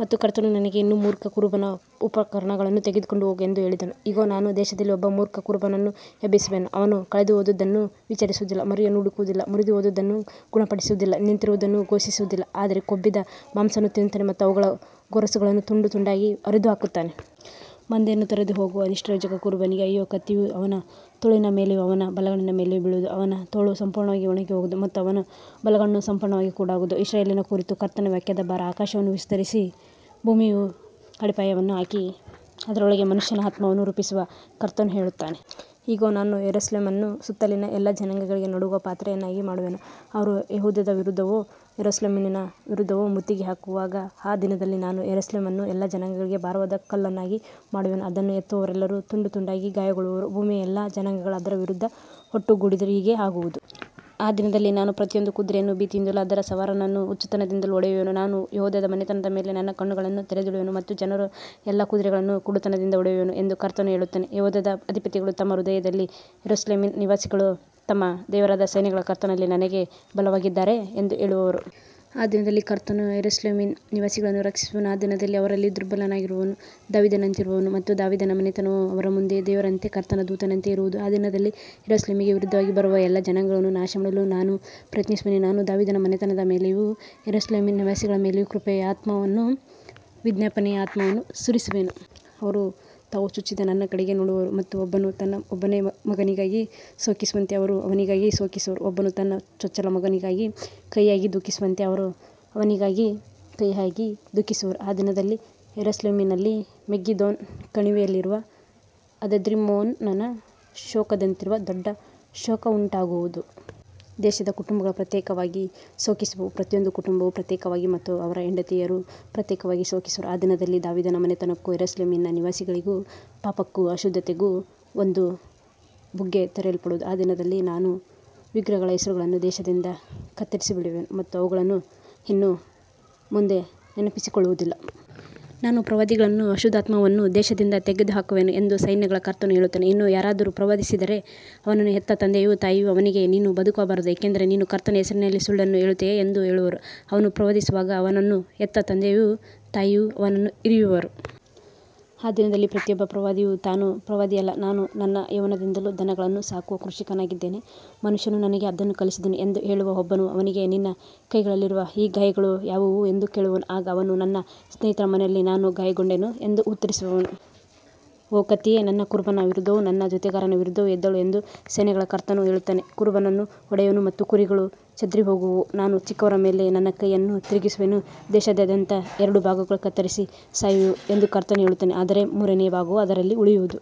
ಮತ್ತು ಕರ್ತನು ನನಗೆ ಇನ್ನೂ ಮೂರ್ಖ ಕುರುಬನ ಉಪಕರಣಗಳನ್ನು ತೆಗೆದುಕೊಂಡು ಹೋಗು ಎಂದು ಹೇಳಿದನು. ಇಗೋ, ನಾನು ದೇಶದಲ್ಲಿ ಒಬ್ಬ ಮೂರ್ಖ ಕುರುಬನನ್ನು ಎಬ್ಬಿಸುವೆನು. ಅವನು ಕಳೆದುಹೋದದ್ದನ್ನು ವಿಚಾರಿಸುವುದಿಲ್ಲ, ಮರಿಯನ್ನು ಹುಡುಕುವುದಿಲ್ಲ, ಮುರಿದುಹೋದದ್ದನ್ನು ಗುಣಪಡಿಸುವುದಿಲ್ಲ, ನಿಂತಿರುವುದನ್ನು ಪೋಷಿಸುವುದಿಲ್ಲ, ಆದರೆ ಕೊಬ್ಬಿದ ಮಾಂಸವನ್ನು ತಿನ್ನುತ್ತಾನೆ ಮತ್ತು ಅವುಗಳ ಗೊರಸುಗಳನ್ನು ತುಂಡು ತುಂಡಾಗಿ ಹರಿದುಹಾಕುತ್ತಾನೆ. ಮಂದೆಯನ್ನು ತೊರೆದುಹೋಗುವ ನಿಷ್ಪ್ರಯೋಜಕ ಕುರುಬನಿಗೆ ಅಯ್ಯೋ. ಕತ್ತಿಯು ಅವನ ತೋಳಿನ ಮೇಲೆಯೂ ಅವನ ಬಲಗಣ್ಣಿನ ಮೇಲೆಯೂ ಬೀಳುವುದು. ಅವನ ತೋಳು ಸಂಪೂರ್ಣವಾಗಿ ಒಣಗಿಹೋಗುವುದು ಮತ್ತು ಅವನ ಬಲಗಣ್ಣು ಸಂಪೂರ್ಣವಾಗಿ ಕುರುಡಾಗುವುದು. ಇಸ್ರಾಯೇಲಿನ ಕುರಿತು ಕರ್ತನ ವಾಕ್ಯದ ಭಾರ. ಆಕಾಶವನ್ನು ವಿಸ್ತರಿಸಿ, ಭೂಮಿಯ ಅಡಿಪಾಯವನ್ನು ಹಾಕಿ, ಅದರೊಳಗೆ ಮನುಷ್ಯನ ಆತ್ಮವನ್ನು ರೂಪಿಸುವ ಕರ್ತನು ಹೇಳುತ್ತಾನೆ. ಇಗೋ, ನಾನು ಯೆರೂಸಲೇಮನ್ನು ಸುತ್ತಲಿನ ಎಲ್ಲಾ ಜನಾಂಗಗಳಿಗೆ ನಡುಗುವ ಪಾತ್ರೆಯನ್ನಾಗಿ ಮಾಡುವೆನು, ಅವರು ಯೆಹೂದದ ವಿರುದ್ಧವೂ ಯೆರೂಸಲೇಮಿನ ವಿರುದ್ಧವೂ ಮುತ್ತಿಗೆ ಹಾಕುವಾಗ. ಆ ದಿನದಲ್ಲಿ ನಾನು ಯೆರೂಸಲೇಮನ್ನು ಎಲ್ಲಾ ಜನಾಂಗಗಳಿಗೆ ಭಾರವಾದ ಕಲ್ಲನ್ನಾಗಿ ಮಾಡುವೆನು. ಅದನ್ನು ಎತ್ತುವವರೆಲ್ಲರೂ ತುಂಡು ತುಂಡಾಗಿ ಗಾಯಗೊಳ್ಳುವರು. ಭೂಮಿಯ ಎಲ್ಲಾ ಜನಾಂಗಗಳು ಅದರ ವಿರುದ್ಧ ಒಟ್ಟುಗೂಡಿದರೂ ಹೀಗೆಯೇ ಆಗುವುದು. ಆ ದಿನದಲ್ಲಿ ನಾನು ಪ್ರತಿಯೊಂದು ಕುದುರೆಯನ್ನು ಭೀತಿಯಿಂದಲೂ ಅದರ ಸವಾರನನ್ನು ಹುಚ್ಚುತನದಿಂದಲೂ ಹೊಡೆಯುವೆನು. ನಾನು ಯೆಹೂದದ ಮನೆತನದ ಮೇಲೆ ನನ್ನ ಕಣ್ಣುಗಳನ್ನು ತೆರೆದಿಡುವೆನು ಮತ್ತು ಜನರ ಎಲ್ಲಾ ಕುದುರೆಗಳನ್ನು ಕುರುಡುತನದಿಂದ ಹೊಡೆಯುವೆನು ಎಂದು ಕರ್ತನು ಹೇಳುತ್ತಾನೆ. ಯೆಹೂದದ ಅಧಿಪತಿಗಳು ತಮ್ಮ ಹೃದಯದಲ್ಲಿ ಯೆರೂಸಲೇಮಿನ ನಿವಾಸಿಗಳು ತಮ್ಮ ದೇವರಾದ ಸೈನ್ಯಗಳ ಕರ್ತನಲ್ಲಿ ನನಗೆ ಬಲವಾಗಿದ್ದಾರೆ ಎಂದು ಹೇಳುವರು. ಆ ದಿನದಲ್ಲಿ ಕರ್ತನು ಯೆರೂಸಲೇಮಿನ ನಿವಾಸಿಗಳನ್ನು ರಕ್ಷಿಸುವನು. ಆ ದಿನದಲ್ಲಿ ಅವರಲ್ಲಿ ದುರ್ಬಲನಾಗಿರುವವನು ದಾವೀದನಂತಿರುವನು ಮತ್ತು ದಾವೀದನ ಮನೆತನವು ಅವರ ಮುಂದೆ ದೇವರಂತೆ, ಕರ್ತನ ದೂತನಂತೆ ಇರುವುದು. ಆ ದಿನದಲ್ಲಿ ಯೆರೂಸಲೇಮಿಗೆ ವಿರುದ್ಧವಾಗಿ ಬರುವ ಎಲ್ಲಾ ಜನಾಂಗಗಳನ್ನು ನಾಶಮಾಡಲು ನಾನು ಪ್ರಯತ್ನಿಸುವೆನು. ನಾನು ದಾವೀದನ ಮನೆತನದ ಮೇಲೆಯೂ ಯೆರೂಸಲೇಮಿನ ನಿವಾಸಿಗಳ ಮೇಲೆಯೂ ಕೃಪೆಯ ಆತ್ಮವನ್ನೂ ವಿಜ್ಞಾಪನೆಯ ಆತ್ಮವನ್ನೂ ಸುರಿಸುವೆನು. ಅವರು ತಾವು ಚುಚ್ಚಿದ ನನ್ನ ಕಡೆಗೆ ನೋಡುವರು ಮತ್ತು ಒಬ್ಬನು ತನ್ನ ಒಬ್ಬನೇ ಮಗನಿಗಾಗಿ ಶೋಕಿಸುವಂತೆ ಅವರೂ ಅವನಿಗಾಗಿ ಶೋಕಿಸುವರು. ಒಬ್ಬನು ತನ್ನ ಚೊಚ್ಚಲ ಮಗನಿಗಾಗಿ ಕಹಿಯಾಗಿ ದುಃಖಿಸುವಂತೆ ಅವರು ಅವನಿಗಾಗಿ ಕಹಿಯಾಗಿ ದುಃಖಿಸುವರು. ಆ ದಿನದಲ್ಲಿ ಯೆರೂಸಲೇಮಿನಲ್ಲಿ ಮೆಗಿದ್ದೋನ್ ಕಣಿವೆಯಲ್ಲಿರುವ ಹದದ್ರಿಮ್ಮೋನನ ಶೋಕದಂತಿರುವ ದೊಡ್ಡ ಶೋಕವುಂಟಾಗುವುದು. ದೇಶದ ಕುಟುಂಬಗಳು ಪ್ರತ್ಯೇಕವಾಗಿ ಶೋಕಿಸುವವು, ಪ್ರತಿಯೊಂದು ಕುಟುಂಬವೂ ಪ್ರತ್ಯೇಕವಾಗಿ ಮತ್ತು ಅವರ ಹೆಂಡತಿಯರೂ ಪ್ರತ್ಯೇಕವಾಗಿ ಶೋಕಿಸುವರು. ಆ ದಿನದಲ್ಲಿ ದಾವೀದನ ಮನೆತನಕ್ಕೂ ಯೆರೂಸಲೇಮಿನ ನಿವಾಸಿಗಳಿಗೂ ಪಾಪಕ್ಕೂ ಅಶುದ್ಧತೆಗೂ ಒಂದು ಬುಗ್ಗೆ ತೆರೆಯಲ್ಪಡುವುದು. ಆ ದಿನದಲ್ಲಿ ನಾನು ವಿಗ್ರಹಗಳ ಹೆಸರುಗಳನ್ನು ದೇಶದಿಂದ ಕತ್ತರಿಸಿಬಿಡುವೆನು ಮತ್ತು ಅವುಗಳನ್ನು ಇನ್ನು ಮುಂದೆ ನೆನಪಿಸಿಕೊಳ್ಳುವುದಿಲ್ಲ. ನಾನು ಪ್ರವಾದಿಗಳನ್ನೂ ಅಶುದ್ಧಾತ್ಮವನ್ನೂ ದೇಶದಿಂದ ತೆಗೆದುಹಾಕುವೆನು ಎಂದು ಸೈನ್ಯಗಳ ಕರ್ತನು ಹೇಳುತ್ತಾನೆ. ಇನ್ನೂ ಯಾರಾದರೂ ಪ್ರವಾದಿಸಿದರೆ, ಅವನನ್ನು ಹೆತ್ತ ತಂದೆಯೂ ತಾಯಿಯೂ ಅವನಿಗೆ, ನೀನು ಬದುಕಬಾರದು, ಏಕೆಂದರೆ ನೀನು ಕರ್ತನ ಹೆಸರಿನಲ್ಲಿ ಸುಳ್ಳನ್ನು ಹೇಳುತ್ತೀಯೆ ಎಂದು ಹೇಳುವರು. ಅವನು ಪ್ರವಾದಿಸುವಾಗ ಅವನನ್ನು ಹೆತ್ತ ತಂದೆಯೂ ತಾಯಿಯೂ ಅವನನ್ನು ಇರಿಯುವರು. ಆ ದಿನದಲ್ಲಿ ಪ್ರತಿಯೊಬ್ಬ ಪ್ರವಾದಿಯೂ ತಾನು ಪ್ರವಾದಿಯಲ್ಲ, ನಾನು ನನ್ನ ಯೌವನದಿಂದಲೂ ದನಗಳನ್ನು ಸಾಕುವ ಕೃಷಿಕನಾಗಿದ್ದೇನೆ, ಮನುಷ್ಯನು ನನಗೆ ಅದನ್ನು ಕಲಿಸಿದನು ಎಂದು ಹೇಳುವನು. ಒಬ್ಬನು ಅವನಿಗೆ, ನಿನ್ನ ಕೈಗಳಲ್ಲಿರುವ ಈ ಗಾಯಗಳು ಯಾವುವು ಎಂದು ಕೇಳುವನು. ಆಗ ಅವನು, ನನ್ನ ಸ್ನೇಹಿತರ ಮನೆಯಲ್ಲಿ ನಾನು ಗಾಯಗೊಂಡೆನು ಎಂದು ಉತ್ತರಿಸುವನು. ಓ ಕತ್ತಿಯೇ, ನನ್ನ ಕುರುಬನ ವಿರುದ್ಧವೂ ನನ್ನ ಜೊತೆಗಾರನ ವಿರುದ್ಧವೂ ಎದ್ದೇಳು ಎಂದು ಸೈನ್ಯಗಳ ಕರ್ತನು ಹೇಳುತ್ತಾನೆ. ಕುರುಬನನ್ನು ಹೊಡೆಯುವೆನು ಮತ್ತು ಕುರಿಗಳು ಚದುರಿಹೋಗುವವು. ನಾನು ಚಿಕ್ಕವರ ಮೇಲೆ ನನ್ನ ಕೈಯನ್ನು ತಿರುಗಿಸುವೆನು. ದೇಶದಾದ್ಯಂತ ಎರಡು ಭಾಗಗಳು ಕತ್ತರಿಸಿ ಸಾಯುವವು ಎಂದು ಕರ್ತನು ಹೇಳುತ್ತಾನೆ, ಆದರೆ ಮೂರನೆಯ ಭಾಗವು ಅದರಲ್ಲಿ ಉಳಿಯು